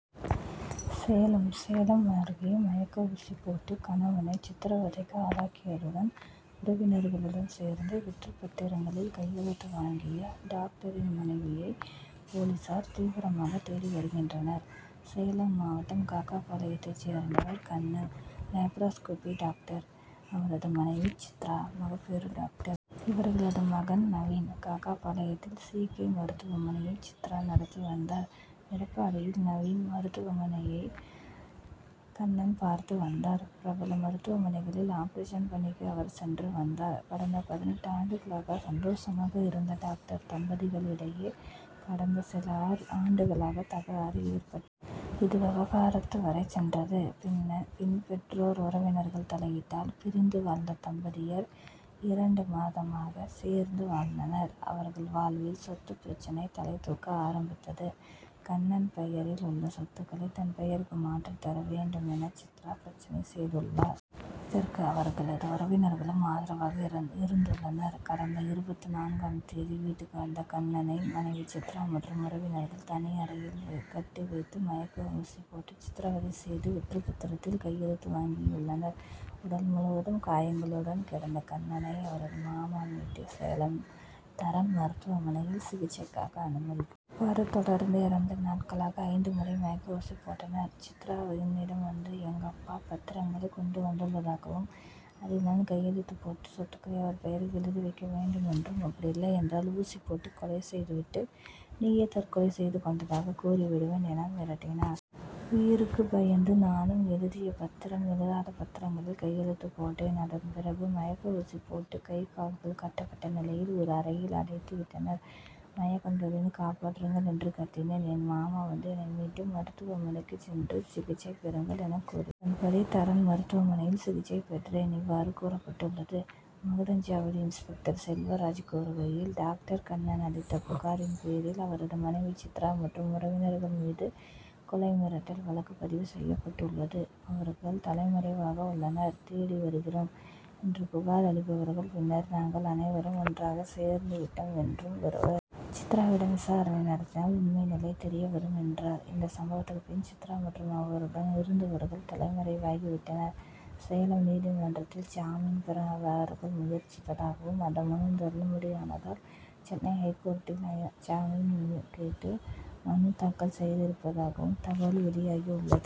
சேலம் சேலம் அருகே மயக்க ஊசி போட்டு கணவனை சித்ரவதைக்கு ஆளாக்கியதுடன் உறவினர்களுடன் சேர்ந்து வெற்றுப் பத்திரங்களில் கையெழுத்து வாங்கிய டாக்டரின் மனைவியை போலீசார் தீவிரமாக தேடி வருகின்றனர். சேலம் மாவட்டம் காகாபாளையத்தைச் சேர்ந்தவர் கண்ணன் லேப்ராஸ்கோபி டாக்டர். அவரது மனைவி சித்ரா மகப்பேறு டாக்டர். இவர்களது மகன் நவீன். காகாபாளையத்தில் சி. கே. மருத்துவமனையை சித்ரா நடத்தி வந்தார். இடைப்பாடியில் நவீன் மருத்துவமனையை கண்ணன் பார்த்து வந்தார். பிரபல மருத்துவமனைகளில் ஆபரேஷன் பணிக்கும் அவர் சென்று வந்தார். கடந்த பதினெட்டு ஆண்டுகளாக சந்தோஷமாக இருந்த டாக்டர் தம்பதிகளிடையே கடந்த சில ஆண்டுகளாக தகராறு ஏற்பட் இது விவாகரத்து வரை சென்றது. பின்னர் பின் பெற்றோர் உறவினர்கள் தலையீட்டால் பிரித்து வாழ்ந்த தம்பதியர் இரண்டு மாதமாக சேர்ந்து வாழ்ந்தனர். அவர்கள் வாழ்வில் சொத்துப் பிரச்சனை தலைதூக்க ஆரம்பித்தது. கண்ணன் பெயரில் உள்ள சொத்துக்களை தன் பெயருக்கு மாற்றித் தர வேண்டும் என சித்ரா பிரச்சனை செய்துள்ளார். இதற்கு அவர்களது உறவினர்களும் ஆதரவாக இருந்துள்ளனர். கடந்த இருபத்துநான்காம் தேதி வீட்டுக்கு வந்த கண்ணனை மனைவி சித்ரா மற்றும் உறவினர்கள் தனி அறையில் கட்டி வைத்து மயக்க ஊசி போட்டு சித்ரவதை செய்து வெற்றுப் பத்திரத்தில் கையெழுத்து வாங்கி உள்ளனர். உடல் முழுவதும் காயங்களுடன் கிடந்த கண்ணனை அவரது மாமா மீட்டு சேலம் தரண் மருத்துவமனையில் சிகிச்சைக்காக அனுமதி இவ்வாறு தொடர்ந்து இரண்டு நாட்களாக ஐந்து முறை மயக்க ஊசி போட்டனர். சித்ரா என்னிடம் வந்து எங்கப்பா பத்திரங்களை கொண்டு வந்துள்ளதாகவும் அதில் நான் கையெழுத்து போட்டு சொத்துக்களை அவர் பெயருக்கு எழுதி வைக்க வேண்டும் என்றும் அப்படி இல்லையென்றால் ஊசி போட்டு கொலை செய்து விட்டு நீயே தற்கொலை செய்து கொண்டதாக கூறி விடுவேன் என மிரட்டினார். உயிருக்கு பயந்து நானும் எழுதிய பத்திரம் எழுதாத பத்திரங்களில் கையெழுத்து போட்டேன். அதன் பிறகு மயக்க ஊசி போட்டு கை கால்கள் கட்டப்பட்ட நிலையில் ஒரு அறையில் அடைத்து விட்டனர். மயக்கம் தெளிந்து காப்பாற்றுங்கள் என்று கத்தினேன். என் மாமா வந்து என்னை மீட்டு மருத்துவமனைக்கு சென்று சிகிச்சை பெறுங்கள் என கூறி அதன்படி தரண் மருத்துவமனையில் சிகிச்சை பெற்றேன். இவ்வாறு கூறப்பட்டுள்ளது. மகுடஞ்சாவடி இன்ஸ்பெக்டர் செல்வராஜ் கூறுகையில் டாக்டர் கண்ணன் அளித்த புகாரின் பேரில் அவரது மனைவி சித்ரா மற்றும் உறவினர்கள் மீது கொலை மிரட்டல் வழக்கு பதிவு செய்யப்பட்டுள்ளது. அவர்கள் தலைமறைவாக உள்ளனர் தேடி வருகிறோம். இன்று புகார் அளிப்பவர்கள் பின்னர் நாங்கள் அனைவரும் ஒன்றாக சேர்ந்து விட்டோம் என்றும் வருவர். சித்ராவிடம் விசாரணை நடத்தினால் உண்மை நிலை தெரியவரும் என்றார். இந்த சம்பவத்துக்கு பின் சித்ரா மற்றும் அவருடன் இருந்தவர்கள் தலைமறைவாகி விட்டனர். சேலம் நீதிமன்றத்தில் ஜாமீன் பெற அவர்கள் முயற்சித்ததாகவும் அந்த மனு தள்ளுபடியானதால் சென்னை ஐகோர்ட்டில் ஜாமீன் கேட்டு மனு தாக்கல் செய்திருப்பதாகவும் தகவல் வெளியாகியுள்ளது.